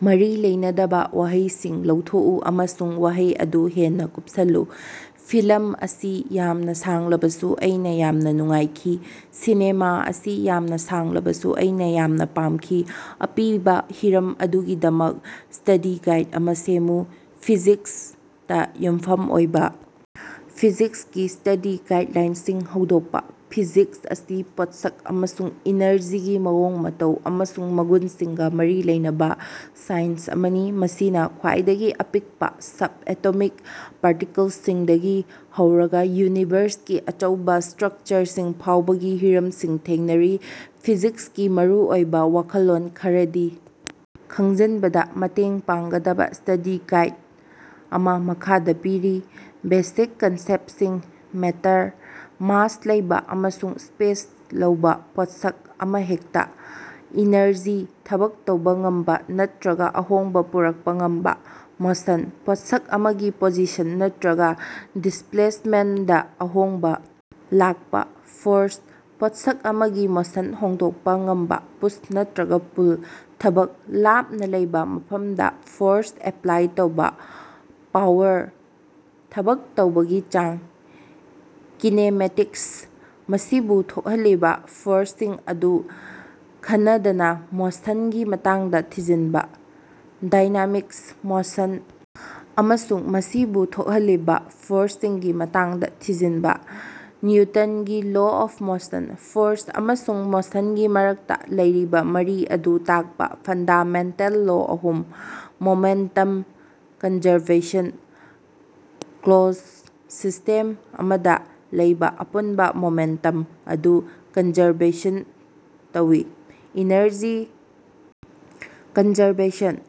ꯃꯔꯤ ꯂꯩꯅꯗꯕ ꯋꯥꯍꯩꯁꯤꯡ ꯂꯧꯊꯣꯛꯎ ꯑꯃꯁꯨꯡ ꯋꯥꯍꯩ ꯑꯗꯨ ꯍꯦꯟꯅ ꯀꯨꯞꯁꯤꯜꯂꯨ꯫ ꯐꯤꯂꯝ ꯑꯁꯤ ꯌꯥꯝꯅ ꯁꯥꯡꯂꯕꯁꯨ ꯑꯩꯅ ꯌꯥꯝꯅ ꯅꯨꯡꯉꯥꯏꯈꯤ꯫ ꯁꯤꯅꯦꯃꯥ ꯑꯁꯤ ꯌꯥꯝꯅ ꯁꯥꯡꯂꯕꯁꯨ ꯑꯩꯅ ꯌꯥꯝꯅ ꯄꯥꯝꯃꯤ꯫ ꯑꯄꯤꯕ ꯍꯤꯔꯝ ꯑꯗꯨꯒꯤꯗꯃꯛ ꯁ꯭ꯇꯗꯤ ꯒꯥꯏꯗ ꯑꯃ ꯁꯦꯝꯃꯨ꯫ ꯐꯤꯖꯤꯛꯁꯇ ꯌꯨꯝꯐꯝ ꯑꯣꯏꯕ꯫ ꯐꯤꯖꯤꯛꯁꯀꯤ ꯁ꯭ꯇꯗꯤ ꯒꯥꯏꯗꯂꯥꯏꯟꯁꯤꯡ ꯍꯧꯗꯣꯛꯄ: ꯐꯤꯖꯤꯛꯁ ꯑꯁꯤ ꯄꯣꯠꯁꯛ ꯑꯃꯁꯨꯡ ꯏꯅꯔꯖꯤꯒꯤ ꯃꯑꯣꯡ ꯃꯇꯧ ꯑꯃꯁꯨꯡ ꯃꯒꯨꯟꯁꯤꯡꯒ ꯃꯔꯤ ꯂꯩꯅꯕ ꯁꯥꯏꯟꯁ ꯑꯃꯅꯤ꯫ ꯃꯁꯤꯅ ꯈ꯭ꯋꯥꯏꯗꯒꯤ ꯑꯄꯤꯛꯄ ꯁꯕꯑꯦꯇꯣꯃꯤꯛ ꯄꯥꯔꯇꯤꯀꯜꯁꯤꯡꯗꯒꯤ ꯍꯧꯔꯒ ꯌꯨꯅꯤꯚꯔꯁꯀꯤ ꯑꯆꯧꯕ ꯁ꯭ꯇ꯭ꯔꯛꯆꯔꯁꯤꯡ ꯐꯥꯎꯕꯒꯤ ꯍꯤꯔꯝꯁꯤꯡ ꯊꯦꯡꯅꯔꯤ꯫ ꯐꯤꯖꯤꯛꯁꯀꯤ ꯃꯔꯨꯑꯣꯏꯕ ꯋꯥꯈꯜꯂꯣꯟ ꯈꯔꯗꯤ ꯈꯪꯖꯤꯟꯕꯗ ꯃꯇꯦꯡ ꯄꯥꯡꯒꯗꯕ ꯁ꯭ꯇꯗꯤ ꯒꯥꯏꯗ ꯑꯃ ꯃꯈꯥꯗ ꯄꯤꯔꯤ꯫ ꯕꯦꯁꯤꯛ ꯀꯟꯁꯦꯞꯇꯁꯤꯡ: ꯃꯦꯇꯔ: ꯃꯥꯁ ꯂꯩꯕ ꯑꯃꯁꯨꯡ ꯁ꯭ꯄꯦꯁ ꯂꯧꯕ ꯄꯣꯠꯁꯛ ꯑꯃꯍꯦꯛꯇ꯫ ꯏꯅꯔꯖꯤ: ꯊꯕꯛ ꯇꯧꯕ ꯉꯝꯕ ꯅꯠꯇ꯭ꯔꯒ ꯑꯍꯣꯡꯕ ꯄꯨꯔꯛꯄ ꯉꯝꯕ꯫ ꯃꯣꯁꯟ: ꯄꯣꯠꯁꯛ ꯑꯃꯒꯤ ꯄꯣꯖꯤꯁꯟ ꯅꯠꯇ꯭ꯔꯒ ꯗꯤꯁꯄ꯭ꯂꯦꯁꯃꯦꯟꯇꯗ ꯑꯍꯣꯡꯕ ꯂꯥꯛꯄ ꯫ ꯐꯣꯔꯁ: ꯄꯣꯠꯁꯛ ꯑꯃꯒꯤ ꯃꯣꯁꯟ ꯍꯣꯡꯗꯣꯛꯄ ꯉꯝꯕ ꯄꯨꯁ ꯅꯠꯇ꯭ꯔꯒ ꯄꯨꯜ꯫ ꯊꯕꯛ: ꯂꯥꯞꯅ ꯂꯩꯕ ꯃꯐꯝꯗ ꯐꯣꯔꯁ ꯑꯦꯄ꯭ꯂꯥꯏ ꯇꯧꯕ꯫ ꯄꯥꯋꯔ: ꯊꯕꯛ ꯇꯧꯕꯒꯤ ꯆꯥꯡ꯫ ꯀꯤꯅꯦꯃꯦꯇꯤꯛꯁ: ꯃꯁꯤꯕꯨ ꯊꯣꯛꯍꯜꯂꯤꯕ ꯐꯣꯔꯁꯁꯤꯡ ꯑꯗꯨ ꯈꯟꯅꯗꯅ ꯃꯣꯁꯟꯒꯤ ꯃꯇꯥꯡꯗ ꯊꯤꯖꯤꯟꯕ꯫ ꯗꯥꯏꯅꯥꯃꯤꯛꯁ: ꯃꯣꯁꯟ ꯑꯃꯁꯨꯡ ꯃꯁꯤꯕꯨ ꯊꯣꯛꯍꯜꯂꯤꯕ ꯐꯣꯔꯁꯁꯤꯡꯒꯤ ꯃꯇꯥꯡꯗ ꯊꯤꯖꯤꯟꯕ꯫ ꯅꯤꯎꯇꯟꯒꯤ ꯂꯣ ꯑꯣꯐ ꯃꯣꯁꯟ: ꯐꯣꯔꯁ ꯑꯃꯁꯨꯡ ꯃꯣꯁꯟꯒꯤ ꯃꯔꯛꯇ ꯂꯩꯔꯤꯕ ꯃꯔꯤ ꯑꯗꯨ ꯇꯥꯛꯄ ꯐꯟꯗꯥꯃꯦꯟꯇꯦꯜ ꯂꯣ ꯑꯍꯨꯝ꯫ ꯃꯣꯃꯦꯟꯇꯝ ꯀꯟꯖꯔꯕꯦꯁꯟ: ꯀ꯭ꯂꯣꯖꯗ ꯁꯤꯁꯇꯦꯝ ꯑꯃꯗ ꯂꯩꯕ ꯑꯄꯨꯟꯕ ꯃꯣꯃꯦꯟꯇꯝ ꯑꯗꯨ ꯀꯟꯖꯔꯕꯦꯁꯟ ꯇꯧꯏ꯫ ꯏꯅꯔꯖꯤ ꯀꯟꯖꯔꯕꯦꯁꯟ: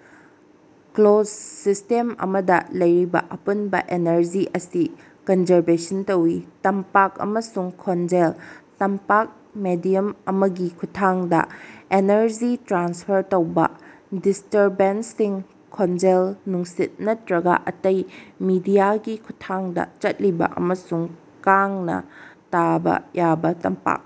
ꯀ꯭ꯂꯣꯖꯗ ꯁꯤꯁꯇꯦꯝ ꯑꯃꯗ ꯂꯩꯔꯤꯕ ꯑꯄꯨꯟꯕ ꯑꯦꯅꯔꯖꯤ ꯑꯁꯤ ꯀꯟꯖꯔꯕꯦꯁꯟ ꯇꯧꯏ꯫ ꯇꯝꯄꯥꯛ ꯑꯃꯁꯨꯡ ꯈꯣꯟꯖꯦꯜ: ꯇꯝꯄꯥꯛ: ꯃꯦꯗꯤꯌꯝ ꯑꯃꯒꯤ ꯈꯨꯠꯊꯥꯡꯗ ꯑꯦꯅꯔꯖꯤ ꯇ꯭ꯔꯥꯟꯁꯐꯔ ꯇꯧꯕ, ꯗꯤꯁꯇꯔꯕꯦꯟꯁꯁꯤꯡ꯫ ꯈꯣꯟꯖꯦꯜ: ꯅꯨꯡꯁꯤꯠ ꯅꯠꯇ꯭ꯔꯒ ꯑꯇꯩ ꯃꯤꯗꯤꯌꯥꯒꯤ ꯈꯨꯠꯊꯥꯡꯗ ꯆꯠꯂꯤꯕ ꯑꯃꯁꯨꯡ ꯀꯥꯡꯅ ꯇꯥꯕ ꯌꯥꯕ ꯇꯝꯄꯥꯛ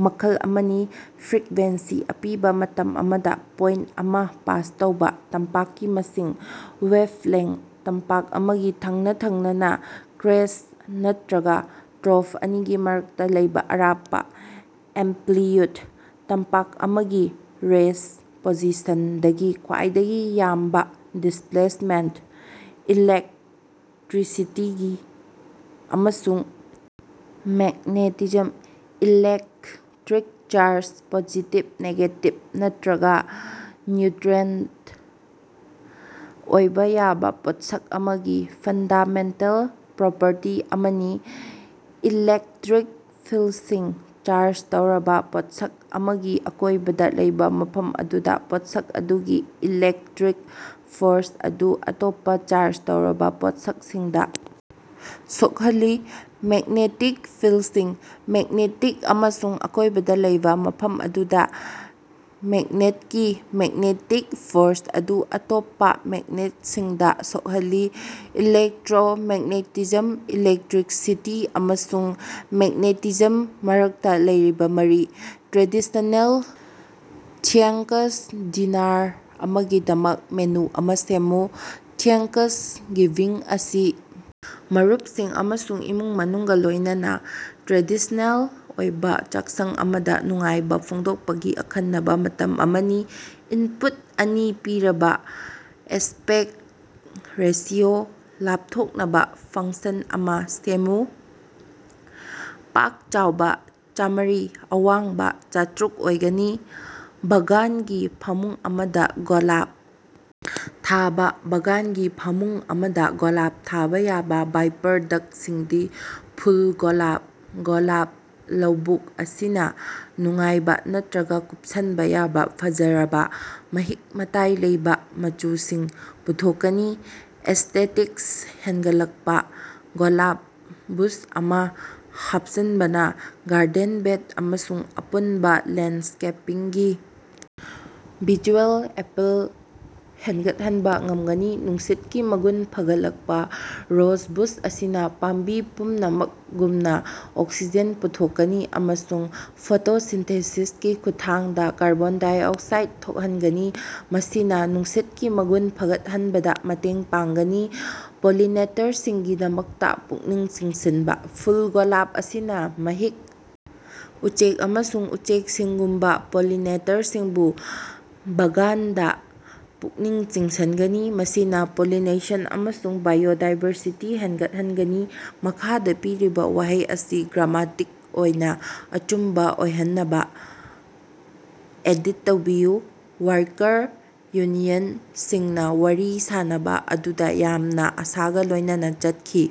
ꯃꯈꯜ ꯑꯃꯅꯤ꯫ ꯐ꯭ꯔꯤꯛꯕꯦꯟꯁꯤ: ꯑꯄꯤꯕ ꯃꯇꯝ ꯑꯃꯗ ꯄꯣꯏꯟꯇ ꯑꯃ ꯄꯥꯁ ꯇꯧꯕ ꯇꯝꯄꯥꯛꯀꯤ ꯃꯁꯤꯡ꯫ ꯋꯦꯕꯂꯦꯡꯊ: ꯇꯝꯄꯥꯛ ꯑꯃꯒꯤ ꯊꯪꯅ-ꯊꯪꯅꯅ ꯀ꯭ꯔꯦꯁ꯭ꯠ ꯅꯠꯇ꯭ꯔꯒ ꯇ꯭ꯔꯣꯐ ꯑꯅꯤꯒꯤ ꯃꯔꯛꯇ ꯂꯩꯕ ꯑꯔꯥꯞꯄ꯫ ꯑꯦꯝꯄ꯭ꯂꯤꯠꯌꯨꯗ: ꯇꯝꯄꯥꯛ ꯑꯃꯒꯤ ꯔꯦꯁ꯭ꯠ ꯄꯣꯖꯤꯁꯟꯗꯒꯤ ꯈ꯭ꯋꯥꯏꯗꯒꯤ ꯌꯥꯝꯕ ꯗꯤꯁꯄ꯭ꯂꯦꯁꯃꯦꯟꯇ꯫ ꯏꯂꯦꯛꯇ꯭ꯔꯤꯁꯤꯇꯤ ꯑꯃꯁꯨꯡ magnetism: electric charge: positive, negative ꯅꯠꯇ꯭ꯔꯒ ꯅ꯭ꯌꯨꯇ꯭ꯔꯦꯟꯇ ꯑꯣꯏꯕ ꯌꯥꯕ ꯄꯣꯠꯁꯛ ꯑꯃꯒꯤ ꯐꯟꯗꯥꯃꯦꯟꯇꯦꯜ ꯄ꯭ꯔꯣꯄꯔꯇꯤ ꯑꯃꯅꯤ꯫ ꯏꯂꯦꯛꯇ꯭ꯔꯤꯛ ꯐꯤꯜꯗꯁꯤꯡ: ꯆꯥꯔꯖ ꯇꯧꯔꯕ ꯄꯣꯠꯁꯛ ꯑꯃꯒꯤ ꯑꯀꯣꯏꯕꯗ ꯂꯩꯕ ꯃꯐꯝ ꯑꯗꯨꯗ ꯄꯣꯠꯁꯛ ꯑꯗꯨꯒꯤ ꯏꯂꯦꯛꯇ꯭ꯔꯤꯛ ꯐꯣꯔꯁ ꯑꯗꯨ ꯑꯇꯣꯞꯄ ꯆꯥꯔꯖ ꯇꯧꯔꯕ ꯄꯣꯠꯁꯛꯁꯤꯡꯗ ꯁꯣꯛꯍꯜꯂꯤ꯫ ꯃꯦꯒ꯭ꯅꯦꯇꯤꯛ ꯐꯤꯜꯗꯁꯤꯡ: ꯃꯦꯒ꯭ꯅꯦꯇꯤꯛ ꯑꯃꯒꯤ ꯑꯀꯣꯏꯕꯗ ꯂꯩꯕ ꯃꯐꯝ ꯑꯗꯨꯗ ꯃꯦꯒ꯭ꯅꯦꯇꯀꯤ ꯃꯦꯒ꯭ꯅꯦꯇꯤꯛ ꯐꯣꯔꯁ ꯑꯗꯨ ꯑꯇꯣꯞꯄ ꯃꯦꯒ꯭ꯅꯦꯇꯁꯤꯡꯗ ꯁꯣꯛꯍꯜꯂꯤ꯫ ꯏꯂꯦꯛꯇ꯭ꯔꯣꯃꯦꯒ꯭ꯅꯦꯇꯤꯖꯝ: ꯏꯂꯦꯛꯇ꯭ꯔꯤꯁꯤꯇꯤ ꯑꯃꯁꯨꯡ ꯃꯦꯒ꯭ꯅꯦꯇꯤꯖꯝꯒꯤ ꯃꯔꯛꯇ ꯂꯩꯔꯤꯕ ꯃꯔꯤ꯫ ꯇ꯭ꯔꯦꯗꯤꯁ꯭ꯅꯦꯜ ꯊ꯭ꯌꯦꯡꯀꯁ ꯗꯤꯅꯥꯔ ꯑꯃꯒꯤꯗꯃꯛ ꯃꯦꯅꯨ ꯑꯃ ꯁꯦꯝꯃꯨ꯫ ꯊ꯭ꯌꯦꯡꯀꯁ ꯒꯤꯚꯤꯡ ꯑꯁꯤ ꯃꯔꯨꯄꯁꯤꯡ ꯑꯃꯁꯨꯡ ꯏꯃꯨꯡ ꯃꯅꯨꯡꯒ ꯂꯣꯏꯅꯅ ꯇ꯭ꯔꯦꯗꯤꯁ꯭ꯅꯦꯜ ꯑꯣꯏꯕ ꯆꯥꯛꯁꯪ ꯑꯃꯗ ꯅꯨꯡꯉꯥꯏꯕ ꯐꯣꯡꯗꯣꯛꯄꯒꯤ ꯑꯈꯟꯅꯕ ꯃꯇꯝ ꯑꯃꯅꯤ꯫ ꯏꯟꯄꯨꯠ ꯑꯅꯤ ꯄꯤꯔꯕ ꯑꯦꯁꯄꯦꯛꯇ ꯔꯦꯁꯤꯑꯣ ꯂꯦꯞꯊꯣꯛꯅꯕ ꯐꯪꯁꯟ ꯑꯃ ꯁꯦꯝꯃꯨ꯫ ꯄꯥꯛ ꯆꯥꯎꯕ ꯆꯥꯝꯃꯔꯤ, ꯑꯋꯥꯡꯕ ꯆꯥꯇ꯭ꯔꯨꯛ ꯑꯣꯏꯒꯅꯤ꯫ ꯕꯥꯒꯥꯟꯒꯤ ꯐꯃꯨꯡ ꯑꯃꯗ ꯒꯣꯂꯥꯞ ꯊꯥꯕ꯫ ꯕꯥꯒꯥꯟꯒꯤ ꯐꯃꯨꯡ ꯑꯃꯗ ꯒꯣꯂꯥꯞ ꯊꯥꯕ ꯌꯥꯕ ꯕꯥꯏꯄꯔꯗꯛꯇꯁꯤꯡꯗꯤ: ꯐꯨꯜ ꯒꯣꯂꯥꯞ: ꯒꯣꯂꯥꯞ ꯂꯧꯕꯨꯛ ꯑꯁꯤꯅ ꯅꯨꯡꯉꯥꯏꯕ ꯅꯠꯇ꯭ꯔꯒ ꯀꯨꯞꯁꯤꯟꯕ ꯌꯥꯕ ꯐꯖꯔꯕ, ꯃꯍꯤꯛ-ꯃꯇꯥꯏ ꯂꯩꯕ ꯃꯆꯨꯁꯤꯡ ꯄꯨꯊꯣꯛꯀꯅꯤ꯫ ꯑꯦꯁꯇꯦꯇꯤꯛꯁ ꯍꯦꯟꯒꯠꯂꯛꯄ: ꯒꯣꯂꯥꯞ ꯕꯨꯁ ꯑꯃ ꯍꯥꯞꯆꯤꯟꯕꯅ ꯒꯥꯔꯗꯦꯟ ꯕꯦꯗ ꯑꯃꯁꯨꯡ ꯑꯄꯨꯟꯕ ꯂꯦꯟꯗꯁ꯭ꯀꯦꯄꯤꯡꯒꯤ ꯚꯤꯖꯨꯑꯦꯜ ꯑꯦꯄꯤꯜ ꯍꯦꯟꯒꯠꯍꯟꯕ ꯉꯝꯒꯅꯤ꯫ ꯅꯨꯡꯁꯤꯠꯀꯤ ꯃꯒꯨꯟ ꯐꯒꯠꯂꯛꯄ: ꯔꯣꯖ ꯕꯨꯁ ꯑꯁꯤꯅ ꯄꯥꯝꯕꯤ ꯄꯨꯝꯅꯃꯛꯒꯨꯝꯅ ꯑꯣꯛꯁꯤꯖꯦꯟ ꯄꯨꯊꯣꯛꯀꯅꯤ ꯑꯃꯁꯨꯡ ꯐꯣꯇꯣꯁꯤꯟꯊꯦꯁꯤꯁꯀꯤ ꯈꯨꯠꯊꯥꯡꯗ ꯀꯥꯔꯕꯣꯟ ꯗꯥꯏꯑꯣꯛꯁꯥꯏꯗ ꯊꯣꯛꯍꯟꯒꯅꯤ, ꯃꯁꯤꯅ ꯅꯨꯡꯁꯤꯠꯀꯤ ꯃꯒꯨꯟ ꯐꯒꯠꯍꯟꯕꯗ ꯃꯇꯦꯡ ꯄꯥꯡꯒꯅꯤ꯫ ꯄꯣꯂꯤꯅꯦꯇꯔꯁꯤꯡꯒꯤꯗꯃꯛꯇ ꯄꯨꯛꯅꯤꯡ ꯆꯤꯡꯁꯤꯟꯕ: ꯐꯨꯜ ꯒꯣꯂꯥꯞ ꯑꯁꯤꯅ ꯃꯍꯤꯛ, ꯎꯆꯦꯛ ꯑꯃꯁꯨꯡ ꯎꯆꯦꯛꯁꯤꯡꯒꯨꯝꯕ ꯄꯣꯂꯤꯅꯦꯇꯔꯁꯤꯡꯕꯨ ꯕꯥꯒꯥꯟꯗ ꯄꯨꯛꯅꯤꯡ ꯆꯤꯡꯁꯤꯟꯒꯅꯤ, ꯃꯁꯤꯅ ꯄꯣꯂꯤꯅꯦꯁꯟ ꯑꯃꯁꯨꯡ ꯕꯥꯏꯑꯣꯗꯥꯏꯚꯔꯁꯤꯇꯤ ꯍꯦꯟꯒꯠꯍꯟꯒꯅꯤ꯫ ꯃꯈꯥꯗ ꯄꯤꯔꯤꯕ ꯋꯥꯍꯩ ꯑꯁꯤ ꯒ꯭ꯔꯥꯃꯥꯇꯤꯛ ꯑꯣꯏꯅ ꯑꯆꯨꯝꯕ ꯑꯣꯏꯍꯟꯅꯕ ꯑꯦꯗꯤꯠ ꯇꯧꯕꯤꯌꯨ꯫ ꯋꯥꯔꯀꯔ ꯌꯨꯅꯤꯌꯟꯁꯤꯡꯅ ꯋꯥꯔꯤ ꯁꯥꯅꯕ ꯑꯗꯨꯗ ꯌꯥꯝꯅ ꯑꯁꯥꯒ ꯂꯣꯏꯅꯅ ꯆꯠꯈꯤ꯫